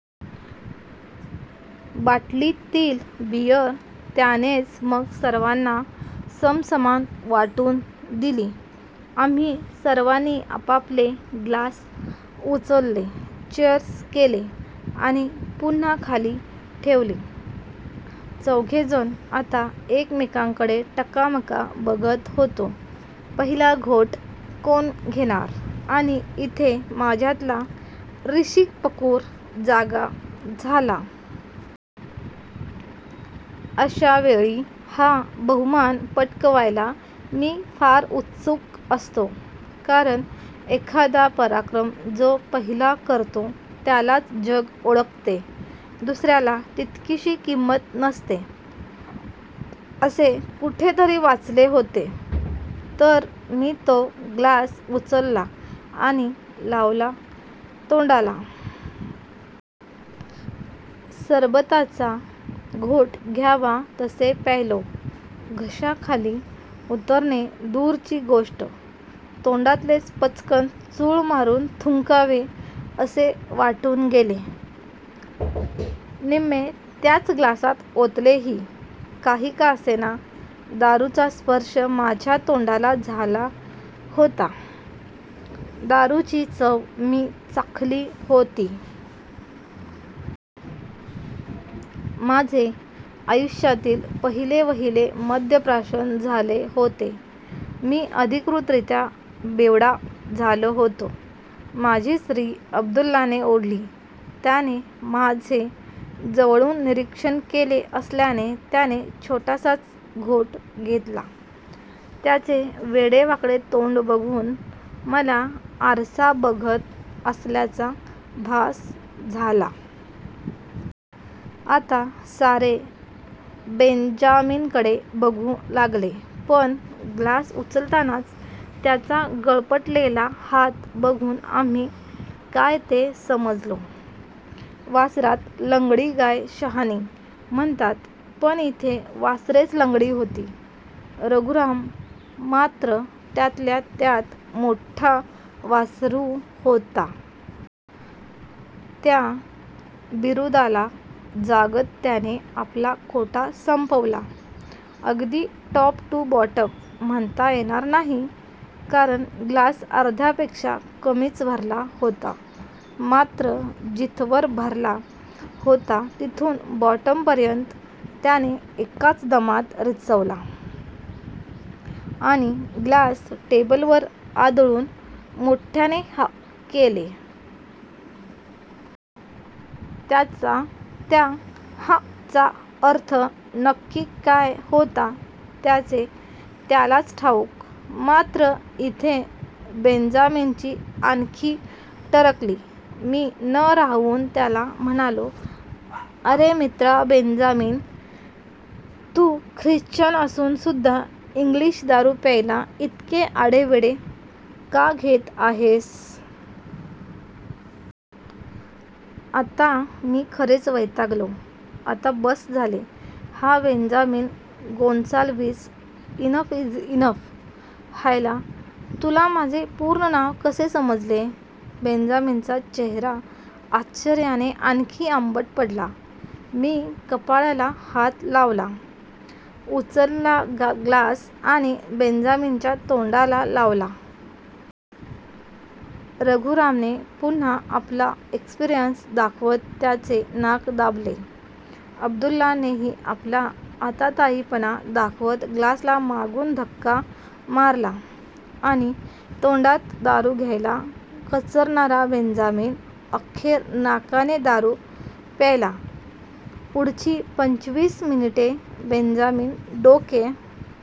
बाटलीतील beer त्यानेच मग सर्वांना समसमान वाटून दिली. आम्ही सर्वांनी आपापले ग्लास उचलले. चीअर्स केले. आणि पुन्हा खाली ठेवले. चौघे जण आता एकमेकांमडे टकामका बघत होतो. पहिला घोट कोण घेणार? आणि ईथे माझ्यातला 'रिशी पकूर' जागा झाला. अश्यावेळी हा बहुमान पटकवायला मी फार उत्सुक असतो. कारण एखादा पराक्रम जो पहिला करतो त्यालाच जग ओळखते, दुसर्याला तितकीशी किंमत नसते. असे कुठेतरी वाचले होते. तर मी तो ग्लास उचलला आणि लावला तोंडाला. सरबताचा घोट घ्यावा तसे प्यायलो. घशाखाली उतरणे दूरची गोष्ट, तोंडातलेच पचकन चूळ मारून थुंकावे असे वाटून गेले. निम्मे त्याच ग्लासात ओतलेही. काही का असेना! दारूचा स्पर्श माझ्या तोंडाला झाला होता. दारूची चव मी चाखली होती. माझे आयुष्यातील पहिलेवहिले मद्यप्राशन झाले होते. मी अधिकृतरीत्या 'बेवडा' झालो होतो! माझीच री अब्दुल्लाने ओढली. त्याने माझे जवळून निरीक्षण केले असल्याने त्याने छोटासाच घोट घेतला. त्याचे वेडेवाकडे तोंड बघून मला आरसा बघत असल्याचा भास झाला. आता सारे बेंजामीनकडे बघू लागले. पण ग्लास उचलतानाचा त्याचा गळपटलेला हात बघून आम्ही काय ते समजलो. वासरात लंगडी गाय शहाणी म्हणतात, पण ईथे वासरेच लंगडी होती. रघुराम मात्र त्यातल्या त्यात मोठा वासरू होता. त्या बिरुदाला जागत त्याने आपला कोटा संपवला. अगदी टॉप टू बॉटम म्हणता येणार नाही, कारण ग्लास अर्ध्यापेक्षा कमीच भरला होता. मात्र जिथवर भरला होता तिथून बॉटमपर्यंत त्याने एकाच दमात रिचवला. आणि ग्लास टेबलवर आदळून मोठ्याने "हांह" केले. त्या 'हांह' चा अर्थ नक्की काय होता त्याचे त्यालाच ठाऊक, मात्र ईथे बेंजामीनची आणखी टरकली. मी न राहवून त्याला म्हणालो, "अरे मित्रा बेंजामीन, तू ख्रिश्चन असून सुद्धा इंग्लिश दारू प्यायला ईतके आढेवेढे का घेत आहेस? आता मी खरेच वैतागलो, "आता बस्स झाले हा Benjamin Gonsalves.. enough is enough! ""हायला!, तुला माझे पुर्ण नाव कसे समजले? " बेंजामीनचा चेहरा आश्चर्याने आणखी आंबट पडला. मी कपाळाला हात लावला. उचलला ग्लास आणि बेंजामीनच्या तोंडाला लावला. रघुरामने पुन्हा आपला एक्सपिरंन्स दाखवत त्याचे नाक दाबले. अब्दुल्लानेही आपला आतातायीपणा दाखवत ग्लासला मागून धक्का मारला. आणि तोंडात दारू घ्यायला कचरणारा बेंजामीन, अखेर नाकाने दारू प्यायलापुढची पंचवीस मिनिटे बेंजामीन डोके